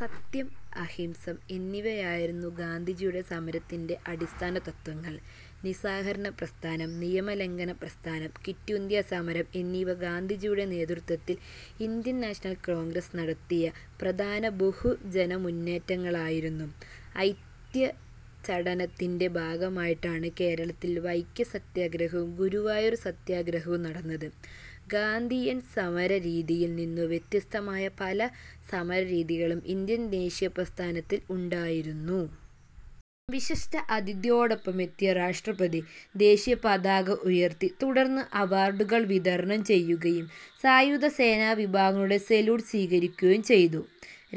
സത്യം, അഹിംസ എന്നിവയായിരുന്നു ഗാന്ധിജിയുടെ സമരത്തിന്റെ അടിസ്ഥാനതത്ത്വങ്ങൾ. നിസ്സഹകരണ പ്രസ്ഥാനം, നിയമലംഘന പ്രസ്ഥാനം, ക്വിറ്റിന്ത്യാ സമരം എന്നിവ ഗാന്ധിജിയുടെ നേതൃത്വത്തിൽ ഇന്ത്യൻ നാഷണൽ കോൺഗ്രസ് നടത്തിയ പ്രധാന ബഹുജനമുന്നേറ്റങ്ങളായിരുന്നു. അയിത്തോച്ചാടനത്തിന്റെ ഭാഗമായാണ് കേരളത്തിൽ വൈക്കം സത്യഗ്രഹവും ഗുരു വായൂർ സത്യഗ്രഹവും നടന്നത്. ഗാന്ധിയൻ സമരരീതിയിൽ നിന്നും വ്യത്യസ്തമായ പല സമരരീതികളും ഇന്ത്യൻ ദേശീയ പ്രസ്ഥാനത്തിൽ ഉണ്ടായിരുന്നു. വിശിഷ്ടാതിഥിയോടൊപ്പമെത്തിയ രാഷ്ട്രപതി ദേശീയപതാക ഉയർത്തി. തുടർന്ന് അവാർഡുകൾ വിതരണം ചെയ്യുകയും സായുധസേനാവിഭാഗങ്ങളുടെ സല്യൂട്ട് സ്വീകരിക്കുകയും ചെയ്തു.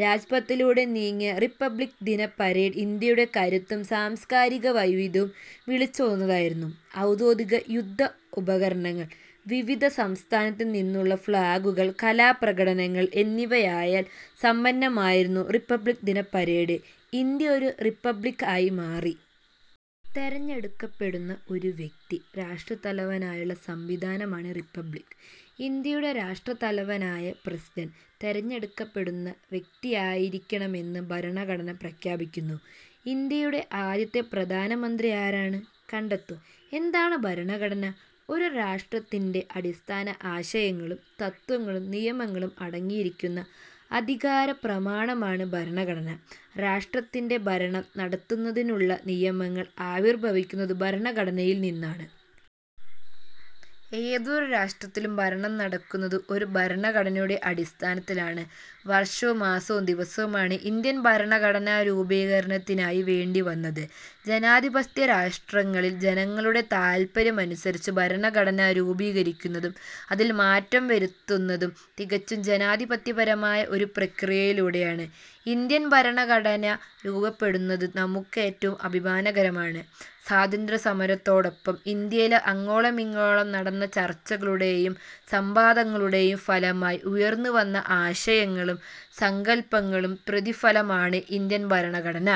രാജ്പഥിലൂടെ നീങ്ങിയ റിപ്പബ്ലിക്ദിന പരേഡ് ഇന്ത്യയുടെ കരുത്തും സാംസ്കാരിക വൈവിധ്യവും വിളിച്ചോതുന്നതായിരുന്നു. ആധുനിക യുദ്ധോപകരണങ്ങൾ, വിവിധ സംസ്ഥാനങ്ങളിൽ നിന്നുള്ള ഫ്ളോട്ടുകൾ, കലാപ്രകടനങ്ങൾ എന്നിവയാൽ സമ്പന്നമായിരുന്നു റിപ്പബ്ലിക്ദിന പരേഡ്. ഇന്ത്യ ഒരു റിപ്പബ്ലിക് ആയി മാറി. തിരഞ്ഞെടുക്കപ്പെടുന്ന ഒരു വ്യക്തി രാഷ്ട്രത്തലവനായുള്ള സംവിധാനമാണ് റിപ്പബ്ലിക്. ഇന്ത്യയുടെ രാഷ്ട്രതലവനായ പ്രസിഡന്റ്, തിരഞ്ഞെടുക്കപ്പെടുന്ന വ്യക്തിയായിരിക്കണമെന്ന് ഭരണഘടന പ്രഖ്യാപിക്കുന്നു. ഇന്ത്യയുടെ ആദ്യത്തെ പ്രധാനമന്ത്രി ആരാണ്? കണ്ടെത്തൂ. എന്താണ് ഭരണഘടന? ഒരു രാഷ്ട്രത്തിന്റെ അടിസ്ഥാന ആശയങ്ങളും തത്ത്വങ്ങളും നിയമങ്ങളും അടങ്ങുന്ന ആധികാരികപ്രമാണമാണ് ഭരണഘടന. രാഷ്ട്രത്തിന്റെ ഭരണം നടത്തുന്നതിനുള്ള നിയമങ്ങൾ ആവിർഭവിക്കുന്നത് ഭരണഘടനയിൽ നിന്നാണ്. ഏതൊരു രാഷ്ട്രത്തിലും ഭരണം നടക്കുന്നത് ഒരു ഭരണഘടനയുടെ അടിസ്ഥാനത്തിലാണ്. വർഷവും മാസവും ദിവസവുമാണ് ഇന്ത്യയുടെ ഭരണഘടനാരൂപീകരണത്തിനായി വേണ്ടി വന്നത്. ജനാധിപത്യ രാഷ്ട്രങ്ങളിൽ ജനങ്ങളുടെ താൽപര്യമനുസരിച്ചാണ് ഭരണഘടന രൂപീകരിക്കുന്നതും അതിൽ മാറ്റം വരുത്തുന്നതും. തികച്ചും ജനാധിപത്യപരമായ ഒരു പ്രക്രിയയിലൂടെയാണ് ഇന്ത്യൻ ഭരണഘടന രൂപീകരിക്കപ്പെട്ടതെന്നത് നമുക്കേറ്റവും അഭിമാനകരമാണ്. സ്വാതന്ത്ര്യസമരത്തോടൊപ്പം ഇന്ത്യയിലങ്ങോളമിങ്ങോളം നടന്ന ചർച്ചകളുടെയും സംവാദങ്ങളുടെയും ഫലമായി ഉയർന്നു വന്ന ആശയങ്ങളുടെയും സങ്കൽപ്പങ്ങളുടെയും പ്രതിഫലനമാണ് ഇന്ത്യൻ ഭരണഘടന.